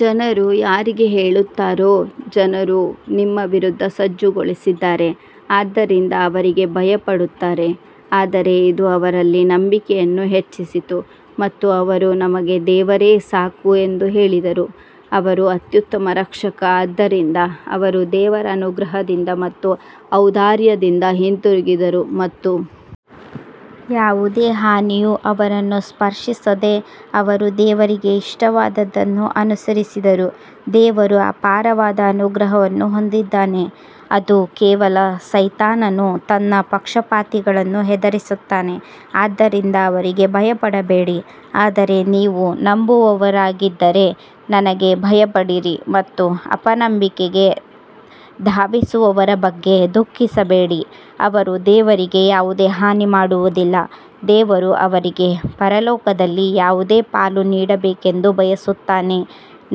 ಜನರು ಯಾರಿಗೆ ಹೇಳುತ್ತಾರೋ ಜನರು ನಿಮ್ಮ ವಿರುದ್ಧ ಸಜ್ಜುಗೊಳಿಸಿದ್ದಾರೆ ಆದ್ದರಿಂದ ಅವರಿಗೆ ಭಯಪಡುತ್ತಾರೆ ಆದರೆ ಇದು ಅವರಲ್ಲಿ ನಂಬಿಕೆಯನ್ನು ಹೆಚ್ಚಿಸಿತು ಮತ್ತು ಅವರು ನಮಗೆ ದೇವರೇ ಸಾಕು ಎಂದು ಹೇಳಿದರು ಅವರು ಅತ್ಯುತ್ತಮ ರಕ್ಷಕ ಆದ್ದರಿಂದ ಅವರು ದೇವರ ಅನುಗ್ರಹದಿಂದ ಮತ್ತು ಔದಾರ್ಯದಿಂದ ಹಿಂತಿರುಗಿದರು ಮತ್ತು ಯಾವುದೇ ಹಾನಿಯು ಅವರನ್ನು ಸ್ಪರ್ಶಿಸದೆ ಅವರು ದೇವರಿಗೆ ಇಷ್ಟವಾದದ್ದನ್ನು ಅನುಸರಿಸಿದರು, ದೇವರು ಅಪಾರವಾದ ಅನುಗ್ರಹವನ್ನು ಹೊಂದಿದ್ದಾನೆ ಅದು ಕೇವಲ ಸೈತಾನನು ತನ್ನ ಪಕ್ಷಪಾತಿಗಳನ್ನು ಹೆದರಿಸುತ್ತಾನೆ ಆದ್ದರಿಂದ ಅವರಿಗೆ ಭಯಪಡಬೇಡಿ ಆದರೆ ನೀವು ನಂಬುವವರಾಗಿದ್ದರೆ ನನಗೆ ಭಯಪಡಿರಿ ಮತ್ತು ಅಪನಂಬಿಕೆಗೆ ಧಾವಿಸುವವರ ಬಗ್ಗೆ ದುಃಖಿಸಬೇಡಿ ಅವರು ದೇವರಿಗೆ ಯಾವುದೇ ಹಾನಿ ಮಾಡುವುದಿಲ್ಲ, ದೇವರು ಅವರಿಗೆ ಪರಲೋಕದಲ್ಲಿ ಯಾವುದೇ ಪಾಲು ನೀಡಬೇಕೆಂದು ಬಯಸುತ್ತಾನೆ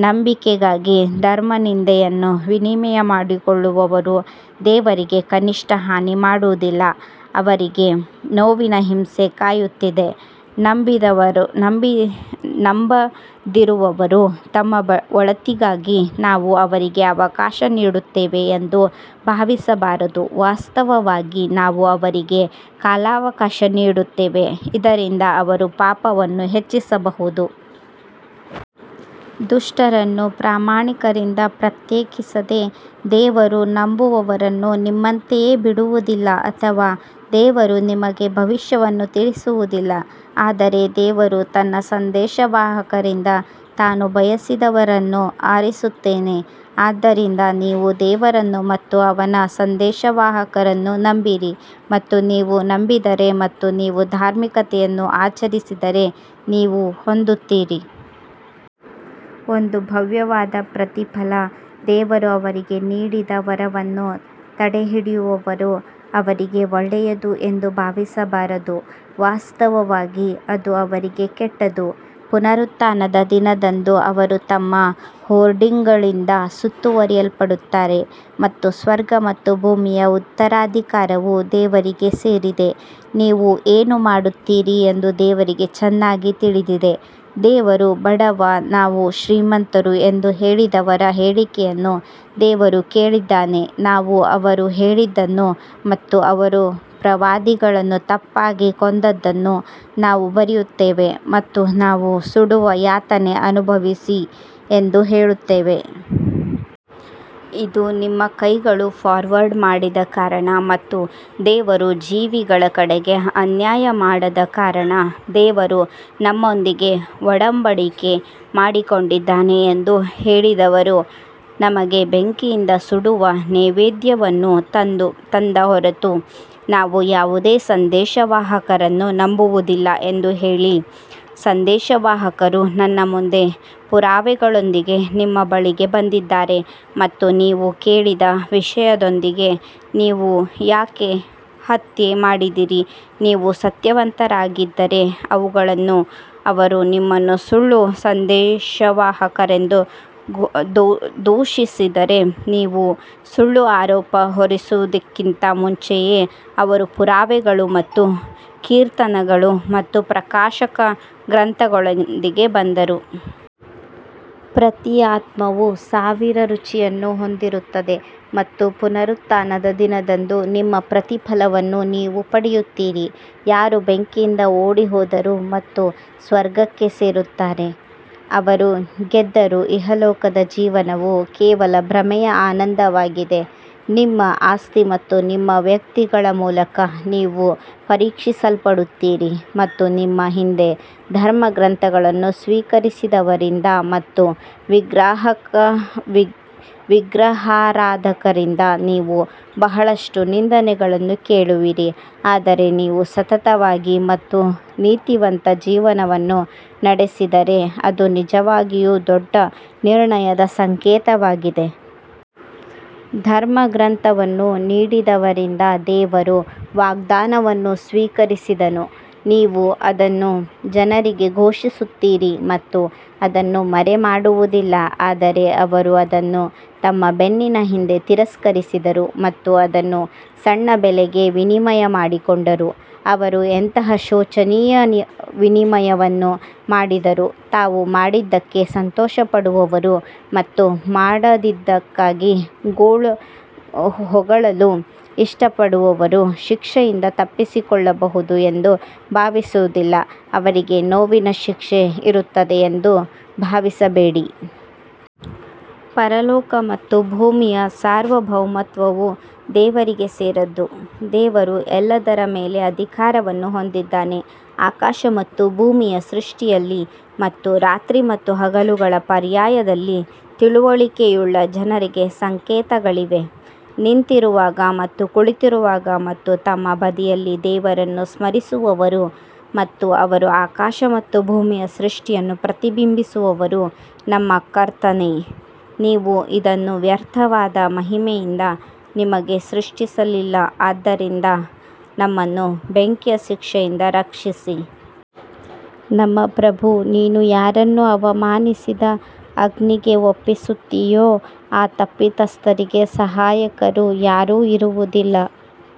ನಂಬಿಕೆಗಾಗಿ ಧರ್ಮನಿಂದೆಯನ್ನು ವಿನಿಮಯ ಮಾಡಿಕೊಳ್ಳುವವರು ದೇವರಿಗೆ ಕನಿಷ್ಠ ಹಾನಿ ಮಾಡುವುದಿಲ್ಲ, ಅವರಿಗೆ ನೋವಿನ ಹಿಂಸೆ ಕಾಯುತ್ತಿದೆ ನಂಬದಿರುವವರು ತಮ್ಮ ಒಳಿತಿಗಾಗಿ ನಾವು ಅವರಿಗೆ ಕಾಲಾವಕಾಶ ನೀಡುತ್ತೇವೆ ಎಂದು ಭಾವಿಸಬಾರದು, ವಾಸ್ತವವಾಗಿ ನಾವು ಅವರಿಗೆ ಕಾಲಾವಕಾಶ ನೀಡುತ್ತೇವೆ, ಇದರಿಂದ ಅವರು ಪಾಪವನ್ನು ಹೆಚ್ಚಿಸಬಹುದು. ದುಷ್ಟರನ್ನು ಪ್ರಾಮಾಣಿಕರಿಂದ ಪ್ರತ್ಯೇಕಿಸದೆ ದೇವರು ನಂಬುವವರನ್ನು ನಿಮ್ಮಂತೆಯೇ ಬಿಡುವುದಿಲ್ಲ ಅಥವಾ ದೇವರು ನಿಮಗೆ ಭವಿಷ್ಯವನ್ನು ತಿಳಿಸುವುದಿಲ್ಲ ಆದರೆ ದೇವರು ತನ್ನ ಸಂದೇಶವಾಹಕರಿಂದ ತಾನು ಬಯಸಿದವರನ್ನು ಆರಿಸುತ್ತಾನೆ ಆದ್ದರಿಂದ ನೀವು ದೇವರನ್ನು ಮತ್ತು ಅವನ ಸಂದೇಶವಾಹಕರನ್ನು ನಂಬಿರಿ ಮತ್ತು ನೀವು ನಂಬಿದರೆ ಮತ್ತು ನೀವು ಧಾರ್ಮಿಕತೆಯನ್ನು ಆಚರಿಸಿದರೆ ನೀವು ಹೊಂದುತ್ತೀರಿ. ಒಂದು ಭವ್ಯವಾದ ಪ್ರತಿಫಲ ದೇವರು ಅವರಿಗೆ ನೀಡಿದ ವರವನ್ನು ತಡೆಹಿಡಿಯುವವರು ಅವರಿಗೆ ಒಳ್ಳೆಯದು ಎಂದು ಭಾವಿಸಬಾರದು, ವಾಸ್ತವವಾಗಿ ಅದು ಅವರಿಗೆ ಕೆಟ್ಟದು, ಪುನರುತ್ಥಾನದ ದಿನದಂದು ಅವರು ತಮ್ಮ ಹೋರ್ಡಿಂಗ್ಗಳಿಂದ ಸುತ್ತುವರಿಯಲ್ಪಡುತ್ತಾರೆ ಮತ್ತು ಸ್ವರ್ಗ ಮತ್ತು ಭೂಮಿಯ ಉತ್ತರಾಧಿಕಾರವು ದೇವರಿಗೆ ಸೇರಿದೆ. ನೀವು ಏನು ಮಾಡುತ್ತೀರಿ ಎಂದು ದೇವರಿಗೆ ಚೆನ್ನಾಗಿ ತಿಳಿದಿದೆ ದೇವರು ಬಡವ, ನಾವು ಶ್ರೀಮಂತರು ಎಂದು ಹೇಳಿದವರ ಹೇಳಿಕೆಯನ್ನು ದೇವರು ಕೇಳಿದ್ದಾನೆ, ನಾವು ಅವರು ಹೇಳಿದ್ದನ್ನು ಮತ್ತು ಅವರು ಪ್ರವಾದಿಗಳನ್ನು ತಪ್ಪಾಗಿ ಕೊಂದದ್ದನ್ನು ನಾವು ಬರೆಯುತ್ತೇವೆ ಮತ್ತು ನಾವು ಸುಡುವ ಯಾತನೆ ಅನುಭವಿಸಿ ಎಂದು ಹೇಳುತ್ತೇವೆ. ಇದು ನಿಮ್ಮ ಕೈಗಳು ಫಾರ್ವರ್ಡ್ ಮಾಡಿದ ಕಾರಣ ಮತ್ತು ದೇವರು ಜೀವಿಗಳ ಕಡೆಗೆ ಅನ್ಯಾಯ ಮಾಡದ ಕಾರಣ ದೇವರು ನಮ್ಮೊಂದಿಗೆ ಒಡಂಬಡಿಕೆ ಮಾಡಿಕೊಂಡಿದ್ದಾನೆ ಎಂದು ಹೇಳಿದವರು ನಮಗೆ ಬೆಂಕಿಯಿಂದ ಸುಡುವ ನೈವೇದ್ಯವನ್ನು ತಂದ ಹೊರತು ನಾವು ಯಾವುದೇ ಸಂದೇಶವಾಹಕರನ್ನು ನಂಬುವುದಿಲ್ಲ ಎಂದು ಹೇಳಿ, ಸಂದೇಶವಾಹಕರು ನನ್ನ ಮುಂದೆ ಪುರಾವೆಗಳೊಂದಿಗೆ ನಿಮ್ಮ ಬಳಿಗೆ ಬಂದಿದ್ದಾರೆ ಮತ್ತು ನೀವು ಕೇಳಿದ ವಿಷಯದೊಂದಿಗೆ ನೀವು ಯಾಕೆ ಹತ್ಯೆ ಮಾಡಿದಿರಿ ನೀವು ಸತ್ಯವಂತರಾಗಿದ್ದರೆ ಅವುಗಳನ್ನು ಅವರು ನಿಮ್ಮನ್ನು ಸುಳ್ಳು ಸಂದೇಶವಾಹಕರೆಂದು ದೂಷಿಸಿದರೆ, ನೀವು ಸುಳ್ಳು ಆರೋಪ ಹೊರಿಸುವುದಕ್ಕಿಂತ ಮುಂಚೆಯೇ ಅವರು ಪುರಾವೆಗಳು ಮತ್ತು ಕೀರ್ತನೆಗಳು ಮತ್ತು ಪ್ರಕಾಶಕ ಗ್ರಂಥಗಳೊಂದಿಗೆ ಬಂದರು. ಪ್ರತಿ ಆತ್ಮವು ಸಾವಿನ ರುಚಿಯನ್ನು ಹೊಂದಿರುತ್ತದೆ ಮತ್ತು ಪುನರುತ್ಥಾನದ ದಿನದಂದು ನಿಮ್ಮ ಪ್ರತಿಫಲವನ್ನು ನೀವು ಪಡೆಯುತ್ತೀರಿ, ಯಾರು ಬೆಂಕಿಯಿಂದ ಓಡಿಹೋದರು ಮತ್ತು ಸ್ವರ್ಗಕ್ಕೆ ಸೇರುತ್ತಾರೆ, ಅವರು ಗೆದ್ದರು ಇಹಲೋಕದ ಜೀವನವು ಕೇವಲ ಭ್ರಮೆಯ ಆನಂದವಾಗಿದೆ. ನಿಮ್ಮ ಆಸ್ತಿ ಮತ್ತು ನಿಮ್ಮ ವ್ಯಕ್ತಿಗಳ ಮೂಲಕ ನೀವು ಪರೀಕ್ಷಿಸಲ್ಪಡುತ್ತೀರಿ ಮತ್ತು ನಿಮ್ಮ ಹಿಂದೆ ಧರ್ಮಗ್ರಂಥವನ್ನು ಸ್ವೀಕರಿಸಿದವರಿಂದ ಮತ್ತು ವಿಗ್ರಹಾರಾಧಕರಿಂದ ನೀವು ಬಹಳಷ್ಟು ನಿಂದನೆಗಳನ್ನು ಕೇಳುವಿರಿ ಆದರೆ ನೀವು ಸತತವಾಗಿ ಮತ್ತು ನೀತಿವಂತ ಜೀವನವನ್ನು ನಡೆಸಿದರೆ ಅದು ನಿಜವಾಗಿಯೂ ದೊಡ್ಡ ನಿರ್ಣಯದ ಸಂಕೇತವಾಗಿದೆ. ಧರ್ಮಗ್ರಂಥವನ್ನು ನೀಡಿದವರಿಂದ ದೇವರು ವಾಗ್ದಾನವನ್ನು ಸ್ವೀಕರಿಸಿದನು, ನೀವು ಅದನ್ನು ಜನರಿಗೆ ಘೋಷಿಸುತ್ತೀರಿ ಮತ್ತು ಅದನ್ನು ಮರೆಮಾಡುವುದಿಲ್ಲ ಆದರೆ ಅವರು ಅದನ್ನು ತಮ್ಮ ಬೆನ್ನಿನ ಹಿಂದೆ ತಿರಸ್ಕರಿಸಿದರು ಮತ್ತು ಅದನ್ನು ಸಣ್ಣ ಬೆಲೆಗೆ ವಿನಿಮಯ ಮಾಡಿಕೊಂಡರು ಅವರು ಎಂತಹ ಶೋಚನೀಯ ವಿನಿಮಯವನ್ನು ಮಾಡಿದರು ತಾವು ಮಾಡಿದ್ದಕ್ಕೆ ಸಂತೋಷಪಡುವವರು ಮತ್ತು ಮಾಡದಿದ್ದಕ್ಕಾಗಿ ಹೊಗಳಲು ಇಷ್ಟಪಡುವವರು ಶಿಕ್ಷೆಯಿಂದ ತಪ್ಪಿಸಿಕೊಳ್ಳಬಹುದು ಎಂದು ಭಾವಿಸುವುದಿಲ್ಲ ಅವರಿಗೆ ನೋವಿನ ಶಿಕ್ಷೆ ಇರುತ್ತದೆ ಎಂದು ಭಾವಿಸಬೇಡಿ. ಪರಲೋಕ ಮತ್ತು ಭೂಮಿಯ ಸಾರ್ವಭೌಮತ್ವವು ದೇವರಿಗೆ ಸೇರಿದ್ದು, ದೇವರು ಎಲ್ಲದರ ಮೇಲೆ ಅಧಿಕಾರವನ್ನು ಹೊಂದಿದ್ದಾನೆ ಆಕಾಶ ಮತ್ತು ಭೂಮಿಯ ಸೃಷ್ಟಿಯಲ್ಲಿ ಮತ್ತು ರಾತ್ರಿ ಮತ್ತು ಹಗಲುಗಳ ಪರ್ಯಾಯದಲ್ಲಿ ತಿಳುವಳಿಕೆಯುಳ್ಳ ಜನರಿಗೆ ಸಂಕೇತಗಳಿವೆ. ನಿಂತಿರುವಾಗ ಮತ್ತು ಕುಳಿತಿರುವಾಗ ಮತ್ತು ತಮ್ಮ ಬದಿಗಳಲ್ಲಿ ದೇವರನ್ನು ಸ್ಮರಿಸುವವರು ಮತ್ತು ಅವರು ಆಕಾಶ ಮತ್ತು ಭೂಮಿಯ ಸೃಷ್ಟಿಯನ್ನು ಪ್ರತಿಬಿಂಬಿಸುವವರು ನಮ್ಮ ಕರ್ತನೇ, ನೀವು ಇದನ್ನು ವ್ಯರ್ಥವಾದ ಮಹಿಮೆಯಿಂದ ನಿಮಗೆ ಸೃಷ್ಟಿಸಲಿಲ್ಲ ಆದ್ದರಿಂದ ನಮ್ಮನ್ನು ಬೆಂಕಿಯ ಶಿಕ್ಷೆಯಿಂದ ರಕ್ಷಿಸಿ. ನಮ್ಮ ಪ್ರಭು ನೀನು ಯಾರನ್ನು ಅವಮಾನಿಸಿದ ಅಗ್ನಿಗೆ ಒಪ್ಪಿಸುತ್ತೀಯೋ ಆ ತಪ್ಪಿತಸ್ಥರಿಗೆ ಸಹಾಯಕರು ಯಾರೂ ಇರುವುದಿಲ್ಲ.